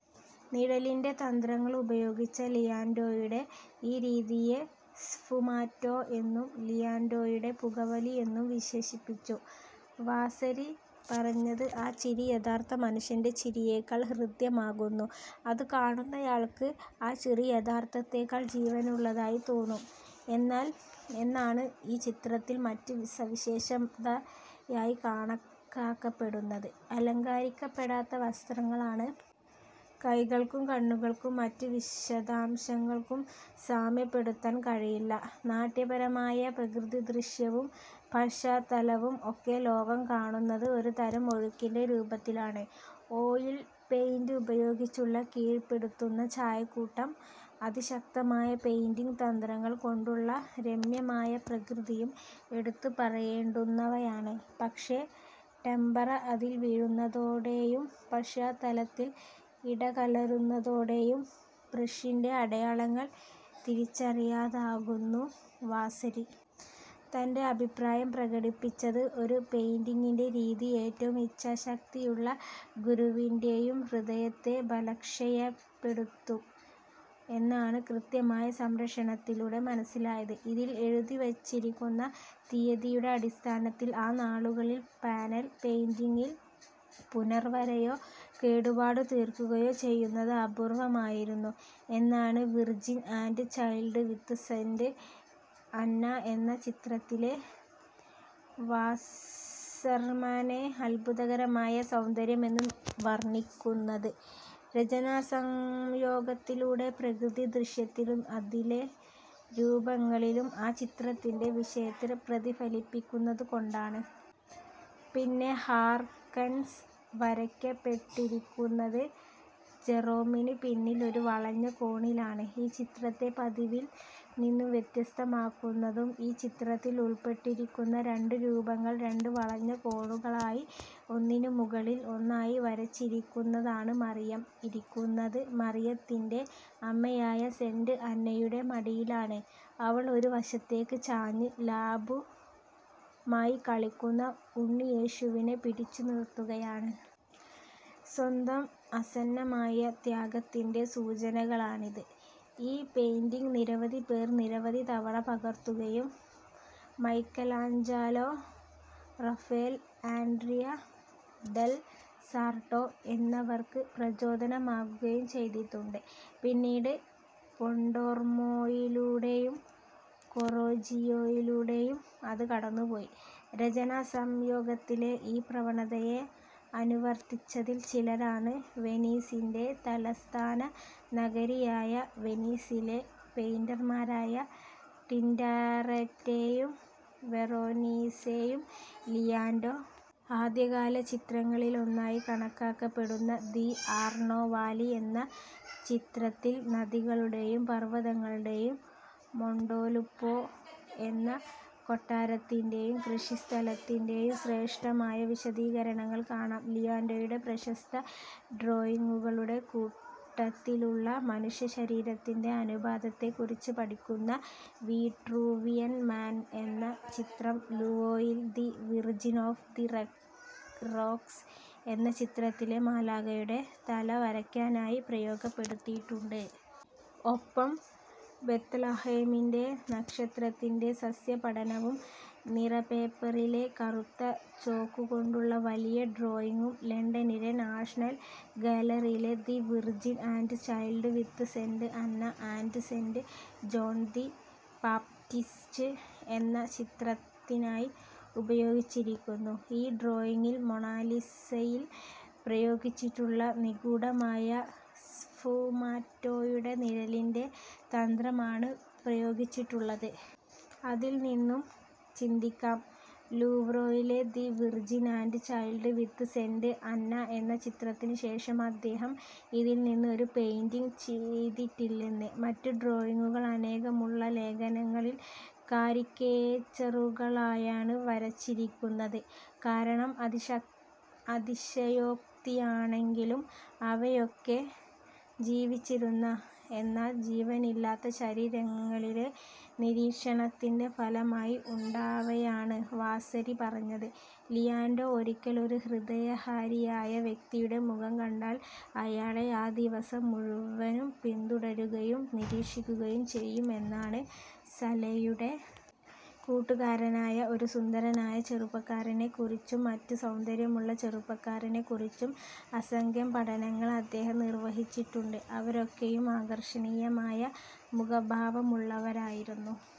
നിഴലിൻ്റെ തന്ത്രങ്ങൾ ഉപയോഗിച്ച ലിയാന്റെയുടെ ഈ രീതിയെ സ്ഫുമാറ്റോ എന്നും ലിയനാർഡോയുടെ പുകവലി എന്നും വിശേഷിപ്പിച്ചു. വാസരി പറഞ്ഞത്, ആ ചിരി യഥാർത്ഥ മനുഷ്യൻ്റെ ചിരിയേക്കാൾ ഹൃദ്യമാകുന്നു. അത് കാണുന്നയാൾക്ക് ആ ചിരി യഥാർത്ഥത്തേക്കാൾ ജീവനുള്ളതായി തോന്നും എന്നാൽ എന്നാണ്.ഈ ചിത്രത്തിൽ മറ്റ് സവിശേഷതയായി കണക്കാക്കപ്പെടുന്നത് അലങ്കരിക്കപ്പെടാത്ത വസ്ത്രങ്ങളാണ്. കൈകൾക്കും കണ്ണുകൾക്കും മറ്റ് വിശദാംശങ്ങൾക്കും സാമ്യപ്പെടുത്താൻ കഴിയില്ല. നാട്യപരമായ പ്രകൃതിദൃശ്യവും പശ്ചാത്തലവും ഒക്കെ ലോകം കാണുന്നത് ഒരുതരം ഒഴുക്കിൻ്റെ രൂപത്തിലാണ്. ഓയിൽ പെയിന്റ് ഉപയോഗിച്ചുള്ള കീഴ്പ്പെടുത്തുന്ന ചായക്കൂട്ടം അതിശക്തമായ പെയിന്റിങ് തന്ത്രങ്ങൾ കൊണ്ടുള്ള രമ്യമായ പ്രകൃതിയും എടുത്തുപറയേണ്ടുന്നവയാണ്. പക്ഷെ ടെമ്പറ അതിൽ വീഴുന്നതോടെയും പശ്ചാത്തലത്തിൽ ഇടകലരുന്നതോടെയും ബ്രഷിൻ്റെ അടയാളങ്ങൾ തിരിച്ചറിയാതാകുന്നു. വാസരി തൻ്റെ അഭിപ്രായം പ്രകടിപ്പിച്ചത് ഒരു പെയിന്റിങ്ങിൻ്റെ രീതി ഏറ്റവും ഇച്ഛാശക്തിയുള്ള ഗുരുവിൻ്റെ യും ഹൃദയത്തെ ബലക്ഷയപ്പെടുത്തും എന്നാണ്. കൃത്യമായ സംരക്ഷണത്തിലൂടെ മനസ്സിലായത്, ഇതിൽ എഴുതിവെച്ചിരിക്കുന്ന തീയതിയുടെ അടിസ്ഥാനത്തിൽ ആ നാളുകളിൽ പാനൽ പെയിന്റിങ്ങിൽ പുനർവരയോ കേടുപാട് തീർക്കുകയോ ചെയ്യുന്നത് അപൂർവ്വമായിരുന്നു എന്നാണ്. Virgin and Child with Saint Anna എന്ന ചിത്രത്തിലെ വാസ്സെർമാനെ അത്ഭുതകരമായ സൗന്ദര്യമെന്ന് വർണ്ണിക്കുന്നത് രചനാസംയോഗത്തിലൂടെ പ്രകൃതിദൃശ്യത്തിലും അതിലെ രൂപങ്ങളിലും ആ ചിത്രത്തിൻ്റെ വിഷയത്തെ പ്രതിഫലിപ്പിക്കുന്നതുകൊണ്ടാണ്. പിന്നെ ഹാർക്കൻസ് വരയ്ക്കപ്പെട്ടിരിക്കുന്നത് ജെറോമിന് പിന്നിൽ ഒരു വളഞ്ഞ കോണിലാണ്. ഈ ചിത്രത്തെ പതിവിൽ നിന്നും വ്യത്യസ്തമാക്കുന്നതും ഈ ചിത്രത്തിൽ ഉൾപ്പെട്ടിരിക്കുന്ന രണ്ട് രൂപങ്ങൾ രണ്ട് വളഞ്ഞ കോണുകളായി ഒന്നിനുമുകളിൽ ഒന്നായി വരച്ചിരിക്കുന്നതാണ്. മറിയം ഇരിക്കുന്നത് മറിയത്തിൻ്റെ അമ്മയായ സെന്റ് അന്നയുടെ മടിയിലാണ്. അവൾ ഒരു വശത്തേക്ക് ചാഞ്ഞ് ലാമ്പുമായി കളിക്കുന്ന ഉണ്ണിയേശുവിനെ പിടിച്ചുനിർത്തുകയാണ്. സ്വന്തം ആസന്നമായ ത്യാഗത്തിൻ്റെ സൂചനകളാണിത്.ഈ പെയിന്റിങ് നിരവധി പേർ നിരവധി തവണ പകർത്തുകയും Michelangelo, Raphael, Andrea del Sarto എന്നിവർക്ക് പ്രചോദനമാകുകയും ചെയ്തിട്ടുണ്ട്. പിന്നീട് പൊണ്ടോർമോയിലൂടെയും കൊറെജിയോയിലൂടെയും അത് കടന്നുപോയി. രചനാസംയോഗത്തിലെ ഈ പ്രവണതയെ അനുവർത്തിച്ചതിൽ ചിലരാണ് വെനീസിൻ്റെ തലസ്ഥാന നഗരിയായ വെനീസിലെ പെയിന്റർമാരായ ടിന്റൊറെറ്റൊയും വെറോനീസെയും. ലിയൻന്റോ ആദ്യകാല ചിത്രങ്ങളിലൊന്നായി കണക്കാക്കപ്പെടുന്ന ദി ആർണോ വാലി എന്ന ചിത്രത്തിൽ നദികളുടെയും പർവതങ്ങളുടെയും മൊണ്ടേലുപ്പോ എന്ന കൊട്ടാരത്തിൻ്റെ യും കൃഷിസ്ഥലത്തിൻ്റെ യും ശ്രേഷ്ഠമായ വിശദീകരണങ്ങൾ കാണാം. ലിയൻന്റയുടെ പ്രശസ്ത ഡ്രോയിങ്ങുകളുടെ കൂട്ടത്തിലുള്ള മനുഷ്യശരീരത്തിൻ്റെ അനുപാതത്തെ കുറിച്ച് പഠിക്കുന്ന വിട്രൂവിയൻ മാൻ എന്ന ചിത്രം ലൂവ്രേയിലെ the Virgin of the ro Rocks എന്ന ചിത്രത്തിലെ മാലാഖയുടെ തല വരയ്ക്കാനായി പ്രയോഗപ്പെടുത്തിയിട്ടുണ്ട്. ഒപ്പം ബെത്ലഹേമിൻ്റെ നക്ഷത്രത്തിൻ്റെ സസ്യപഠനവും നിറപ്പേപ്പറിലെ കറുത്ത ചോക്കുകൊണ്ടുള്ള വലിയ ഡ്രോയിങ്ങും ലണ്ടനിലെ നാഷണൽ ഗാലറിയിലെ the Virgin and Child with Saint Anna and Saint John the Baptist എന്ന ചിത്രത്തിനായി ഉപയോഗിച്ചിരിക്കുന്നു.ഈ ഡ്രോയിങ്ങിൽ മൊണാലിസയിൽ പ്രയോഗിച്ചിട്ടുള്ള നിഗൂഢമായ സ്ഫുമാറ്റോയുടെ നിഴലിൻ്റെ തന്ത്രമാണ് പ്രയോഗിച്ചിട്ടുള്ളത്. അതിൽനിന്നും ചിന്തിക്കാം, ലൂവ്രേയിലെ the Virgin and Child with Saint Anna എന്ന ചിത്രത്തിനുശേഷം അദ്ദേഹം ഇതിൽനിന്ന് ഒരു പെയിന്റിങ് ചെയ്തിട്ടില്ലെന്ന്. മറ്റ് ഡ്രോയിങ്ങുകൾ അനേകമുള്ള ലേഖനങ്ങളിൽ കാരിക്കേച്ചറുകളായാണ് വരച്ചിരിക്കുന്നത്. കാരണം അതിശ അതിശയോക്തിയാണെങ്കിലും അവയൊക്കെ ജീവിച്ചിരുന്ന, എന്നാൽ ജീവനില്ലാത്ത ശരീരങ്ങളിലെ നിരീക്ഷണത്തിൻ്റെ ഫലമായി ഉണ്ടാവയാണ്. വാസരി പറഞ്ഞത്, ലിയൻന്റോ ഒരിക്കൽ ഒരു ഹൃദയഹാരിയായ വ്യക്തിയുടെ മുഖം കണ്ടാൽ അയാളെ ആ ദിവസം മുഴുവനും പിന്തുടരുകയും നിരീക്ഷിക്കുകയും ചെയ്യും എന്നാണ്. സലയുടെ കൂട്ടുകാരനായ ഒരു സുന്ദരനായ ചെറുപ്പക്കാരനെ കുറിച്ചും മറ്റ് സൗന്ദര്യമുള്ള ചെറുപ്പക്കാരെ കുറിച്ചും അസംഖ്യം പഠനങ്ങൾ അദ്ദേഹം നിർവഹിച്ചിട്ടുണ്ട്. അവരൊക്കെയും ആകർഷണീയമായ മുഖഭാവമുള്ളവരായിരുന്നു.